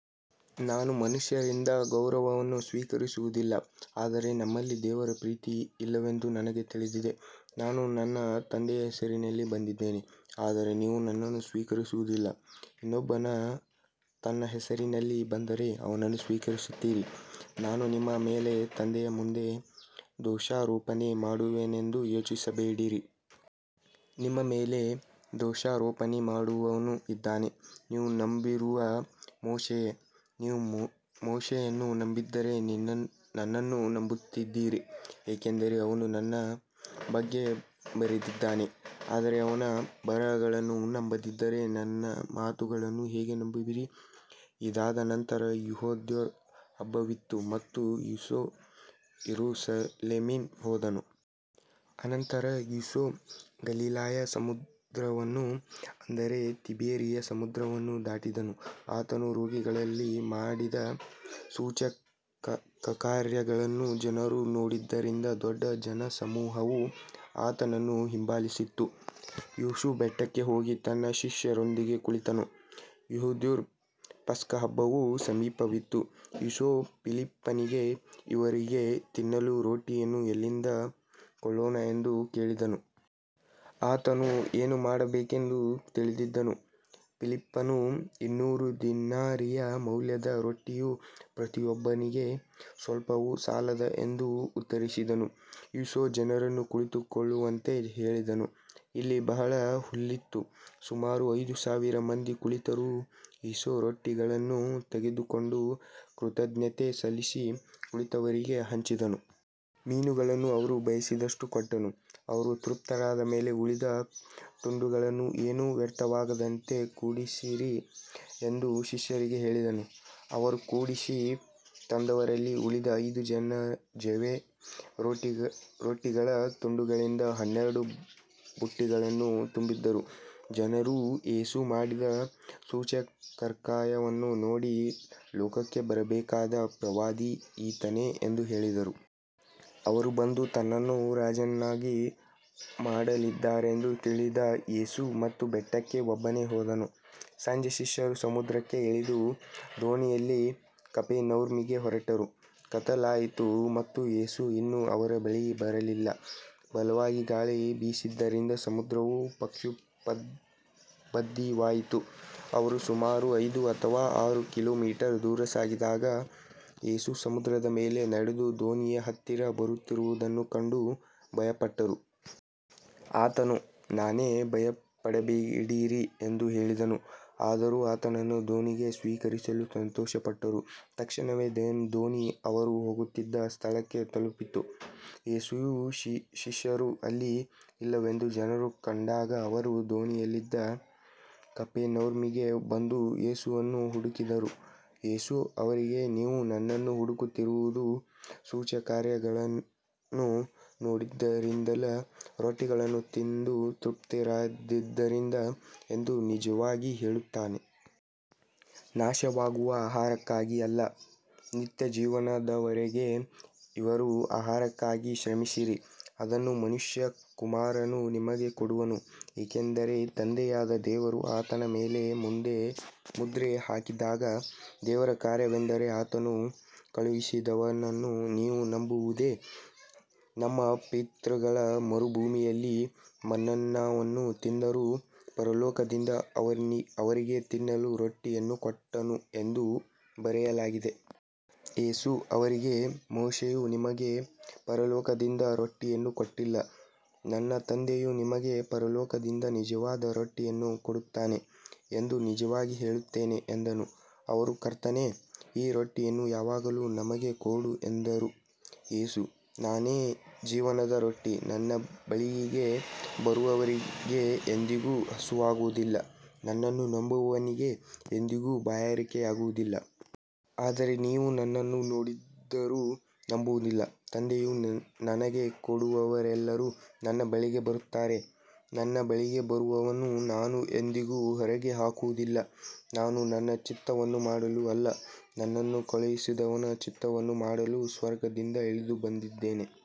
ನಾನು ಮನುಷ್ಯರಿಂದ ಗೌರವವನ್ನು ಸ್ವೀಕರಿಸುವುದಿಲ್ಲ, ಆದರೆ ನಿಮ್ಮಲ್ಲಿ ದೇವರ ಪ್ರೀತಿ ಇಲ್ಲವೆಂದು ನನಗೆ ತಿಳಿದಿದೆ. ನಾನು ನನ್ನ ತಂದೆಯ ಹೆಸರಿನಲ್ಲಿ ಬಂದಿದ್ದೇನೆ, ಆದರೆ ನೀವು ನನ್ನನ್ನು ಸ್ವೀಕರಿಸುವುದಿಲ್ಲ. ಇನ್ನೊಬ್ಬನು ತನ್ನ ಹೆಸರಿನಲ್ಲಿ ಬಂದರೆ ಅವನನ್ನು ಸ್ವೀಕರಿಸುತ್ತೀರಿ. ನಾನು ನಿಮ್ಮ ಮೇಲೆ ತಂದೆಯ ಮುಂದೆ ದೋಷಾರೋಪಣೆ ಮಾಡುವೆನೆಂದು ಯೋಚಿಸಬೇಡಿರಿ. ನಿಮ್ಮ ಮೇಲೆ ದೋಷಾರೋಪಣೆ ಮಾಡುವವನು ಇದ್ದಾನೆ, ನೀವು ನಂಬಿರುವ ಮೋಶೆಯೇ. ನೀವು ಮೋಶೆಯನ್ನು ನಂಬಿದ್ದರೆ ನನ್ನನ್ನೂ ನಂಬುತ್ತಿದ್ದಿರಿ, ಏಕೆಂದರೆ ಅವನು ನನ್ನ ಬಗ್ಗೆ ಬರೆದಿದ್ದಾನೆ. ಆದರೆ ಅವನ ಬರಹಗಳನ್ನು ನಂಬದಿದ್ದರೆ ನನ್ನ ಮಾತುಗಳನ್ನು ಹೇಗೆ ನಂಬುವಿರಿ. ಇದಾದ ನಂತರ ಯೆಹೂದ್ಯರ ಹಬ್ಬವಿತ್ತು ಮತ್ತು ಯೇಸು ಯೆರೂಸಲೇಮಿಗೆ ಹೋದನು. ಅನಂತರ ಯೇಸು ಗಲಿಲಾಯ ಸಮುದ್ರವನ್ನು, ಅಂದರೆ ತಿಬೇರಿಯ ಸಮುದ್ರವನ್ನು, ದಾಟಿದನು. ಆತನು ರೋಗಿಗಳಲ್ಲಿ ಮಾಡಿದ ಸೂಚಕಕಾರ್ಯಗಳನ್ನು ಜನರು ನೋಡಿದ್ದರಿಂದ ದೊಡ್ಡ ಜನಸಮೂಹವು ಆತನನ್ನು ಹಿಂಬಾಲಿಸಿತು. ಯೇಸು ಬೆಟ್ಟಕ್ಕೆ ಹೋಗಿ ತನ್ನ ಶಿಷ್ಯರೊಂದಿಗೆ ಕುಳಿತನು. ಯೆಹೂದ್ಯರ ಪಸ್ಕಹಬ್ಬವು ಸಮೀಪಿಸಿತ್ತು. ಯೇಸು ಫಿಲಿಪ್ಪನಿಗೆ, ಇವರಿಗೆ ತಿನ್ನಲು ರೊಟ್ಟಿಯನ್ನು ಎಲ್ಲಿಂದ ಕೊಳ್ಳೋಣ ಎಂದು ಕೇಳಿದನು. ಆತನು ಏನು ಮಾಡಬೇಕೆಂದು ತಿಳಿದಿದ್ದನು. ಫಿಲಿಪ್ಪನು, ಇನ್ನೂರು ದಿನಾರಿಯ ಮೌಲ್ಯದ ರೊಟ್ಟಿಯೂ ಪ್ರತಿಯೊಬ್ಬನಿಗೆ ಸ್ವಲ್ಪವೂ ಸಾಲದು ಎಂದು ಉತ್ತರಿಸಿದನು. ಯೇಸು ಜನರನ್ನು ಕುಳಿತುಕೊಳ್ಳುವಂತೆ ಹೇಳಿದನು. ಅಲ್ಲಿ ಬಹಳ ಹುಲ್ಲಿತ್ತು. ಸುಮಾರು ಐದು ಸಾವಿರ ಮಂದಿ ಕುಳಿತರು. ಯೇಸು ರೊಟ್ಟಿಗಳನ್ನು ತೆಗೆದುಕೊಂಡು ಕೃತಜ್ಞತೆ ಸಲ್ಲಿಸಿ, ಕುಳಿತಿದ್ದವರಿಗೆ ಹಂಚಿದನು. ಮೀನುಗಳನ್ನೂ ಅವರು ಬಯಸಿದಷ್ಟು ಕೊಟ್ಟನು. ಅವರು ತೃಪ್ತರಾದ ಮೇಲೆ, ಉಳಿದ ತುಂಡುಗಳನ್ನು ಏನೂ ವ್ಯರ್ಥವಾಗದಂತೆ ಕೂಡಿಸಿರಿ ಎಂದು ಶಿಷ್ಯರಿಗೆ ಹೇಳಿದನು. ಅವರು ಕೂಡಿಸಿ, ತಿಂದವರಲ್ಲಿ ಉಳಿದ ಐದು ಜವೆ ರೊಟ್ಟಿಗಳ ತುಂಡುಗಳಿಂದ ಹನ್ನೆರಡು ಬುಟ್ಟಿಗಳನ್ನು ತುಂಬಿದರು. ಜನರು ಯೇಸು ಮಾಡಿದ ಸೂಚಕಕಾರ್ಯವನ್ನು ನೋಡಿ, ಲೋಕಕ್ಕೆ ಬರಬೇಕಾದ ಪ್ರವಾದಿ ಈತನೇ ಎಂದು ಹೇಳಿದರು. ಅವರು ಬಂದು ತನ್ನನ್ನು ರಾಜನನ್ನಾಗಿ ಮಾಡಲಿದ್ದಾರೆಂದು ತಿಳಿದ ಯೇಸು ಮತ್ತೆ ಬೆಟ್ಟಕ್ಕೆ ಒಬ್ಬನೇ ಹೋದನು. ಸಂಜೆ ಶಿಷ್ಯರು ಸಮುದ್ರಕ್ಕೆ ಇಳಿದು, ದೋಣಿಯಲ್ಲಿ ಕಪೆರ್ನೌಮಿಗೆ ಹೊರಟರು. ಕತ್ತಲಾಗಿತ್ತು ಮತ್ತು ಯೇಸು ಇನ್ನೂ ಅವರ ಬಳಿಗೆ ಬಂದಿರಲಿಲ್ಲ. ಬಲವಾದ ಗಾಳಿ ಬೀಸಿದ್ದರಿಂದ ಸಮುದ್ರವು ಪ್ರಕ್ಷುಬ್ಧವಾಯಿತು. ಅವರು ಸುಮಾರು ಐದು ಅಥವಾ ಆರು ಕಿಲೋಮೀಟರ್ ದೂರ ಸಾಗಿದಾಗ, ಯೇಸು ಸಮುದ್ರದ ಮೇಲೆ ನಡೆದು ದೋಣಿಯ ಹತ್ತಿರ ಬರುತ್ತಿರುವುದನ್ನು ಕಂಡು ಭಯಪಟ್ಟರು. ಆತನು, ನಾನೇ, ಭಯಪಡಬೇಡಿರಿ ಎಂದು ಹೇಳಿದನು. ಅವರು ಆತನನ್ನು ದೋಣಿಗೆ ಸ್ವೀಕರಿಸಲು ಸಂತೋಷಪಟ್ಟರು. ತಕ್ಷಣವೇ ದೋಣಿ ಅವರು ಹೋಗುತ್ತಿದ್ದ ಸ್ಥಳಕ್ಕೆ ತಲುಪಿತು. ಯೇಸುವೂ ಶಿಷ್ಯರೂ ಅಲ್ಲಿ ಇಲ್ಲವೆಂದು ಜನರು ಕಂಡಾಗ, ಅವರು ದೋಣಿಗಳಲ್ಲಿ ಕಪೆರ್ನೌಮಿಗೆ ಬಂದು ಯೇಸುವನ್ನು ಹುಡುಕಿದರು. ಯೇಸು ಅವರಿಗೆ, ನೀವು ನನ್ನನ್ನು ಹುಡುಕುತ್ತಿರುವುದು ಸೂಚಕಕಾರ್ಯಗಳನ್ನು ನೋಡಿದ್ದರಿಂದಲ್ಲ, ರೊಟ್ಟಿಗಳನ್ನು ತಿಂದು ತೃಪ್ತರಾದದ್ದರಿಂದ ಎಂದು ನಿಜವಾಗಿ ಹೇಳುತ್ತೇನೆ. ನಾಶವಾಗುವ ಆಹಾರಕ್ಕಾಗಿ ಅಲ್ಲ, ನಿತ್ಯಜೀವದವರೆಗೆ ಇರುವ ಆಹಾರಕ್ಕಾಗಿ ಶ್ರಮಿಸಿರಿ. ಅದನ್ನು ಮನುಷ್ಯಕುಮಾರನು ನಿಮಗೆ ಕೊಡುವನು, ಏಕೆಂದರೆ ತಂದೆಯಾದ ದೇವರು ಆತನ ಮೇಲೆ ಮುದ್ರೆ ಹಾಕಿದ್ದಾನೆ. ದೇವರ ಕಾರ್ಯವೆಂದರೆ ಆತನು ಕಳುಹಿಸಿದವನನ್ನು ನೀವು ನಂಬುವುದೇ. ನಮ್ಮ ಪಿತೃಗಳು ಮರುಭೂಮಿಯಲ್ಲಿ ಮನ್ನಾವನ್ನು ತಿಂದರು, ಪರಲೋಕದಿಂದ ಅವರಿಗೆ ತಿನ್ನಲು ರೊಟ್ಟಿಯನ್ನು ಕೊಟ್ಟನು ಎಂದು ಬರೆಯಲಾಗಿದೆ. ಯೇಸು ಅವರಿಗೆ, ಮೋಶೆಯು ನಿಮಗೆ ಪರಲೋಕದಿಂದ ರೊಟ್ಟಿಯನ್ನು ಕೊಟ್ಟಿಲ್ಲ. ನನ್ನ ತಂದೆಯು ನಿಮಗೆ ಪರಲೋಕದಿಂದ ನಿಜವಾದ ರೊಟ್ಟಿಯನ್ನು ಕೊಡುತ್ತಾನೆ ಎಂದು ನಿಜವಾಗಿ ಹೇಳುತ್ತೇನೆ ಎಂದನು. ಅವರು, ಕರ್ತನೇ, ಈ ರೊಟ್ಟಿಯನ್ನು ಯಾವಾಗಲೂ ನಮಗೆ ಕೊಡು ಎಂದರು. ಯೇಸು, ನಾನೇ ಜೀವದ ರೊಟ್ಟಿ. ನನ್ನ ಬಳಿಗೆ ಬರುವವನಿಗೆ ಎಂದಿಗೂ ಹಸಿವಾಗುವುದಿಲ್ಲ, ನನ್ನನ್ನು ನಂಬುವವನಿಗೆ ಎಂದಿಗೂ ಬಾಯಾರಿಕೆಯಾಗುವುದಿಲ್ಲ. ಆದರೆ ನೀವು ನನ್ನನ್ನು ನೋಡಿದ್ದರೂ ನಂಬುವುದಿಲ್ಲ. ತಂದೆಯು ನನಗೆ ಕೊಡುವವರೆಲ್ಲರೂ ನನ್ನ ಬಳಿಗೆ ಬರುತ್ತಾರೆ. ನನ್ನ ಬಳಿಗೆ ಬರುವವನನ್ನು ನಾನು ಎಂದಿಗೂ ಹೊರಗೆ ಹಾಕುವುದಿಲ್ಲ. ನಾನು ನನ್ನ ಚಿತ್ತವನ್ನು ಮಾಡಲು ಅಲ್ಲ, ನನ್ನನ್ನು ಕಳುಹಿಸಿದವನ ಚಿತ್ತವನ್ನು ಮಾಡಲು ಸ್ವರ್ಗದಿಂದ ಇಳಿದುಬಂದಿದ್ದೇನೆ.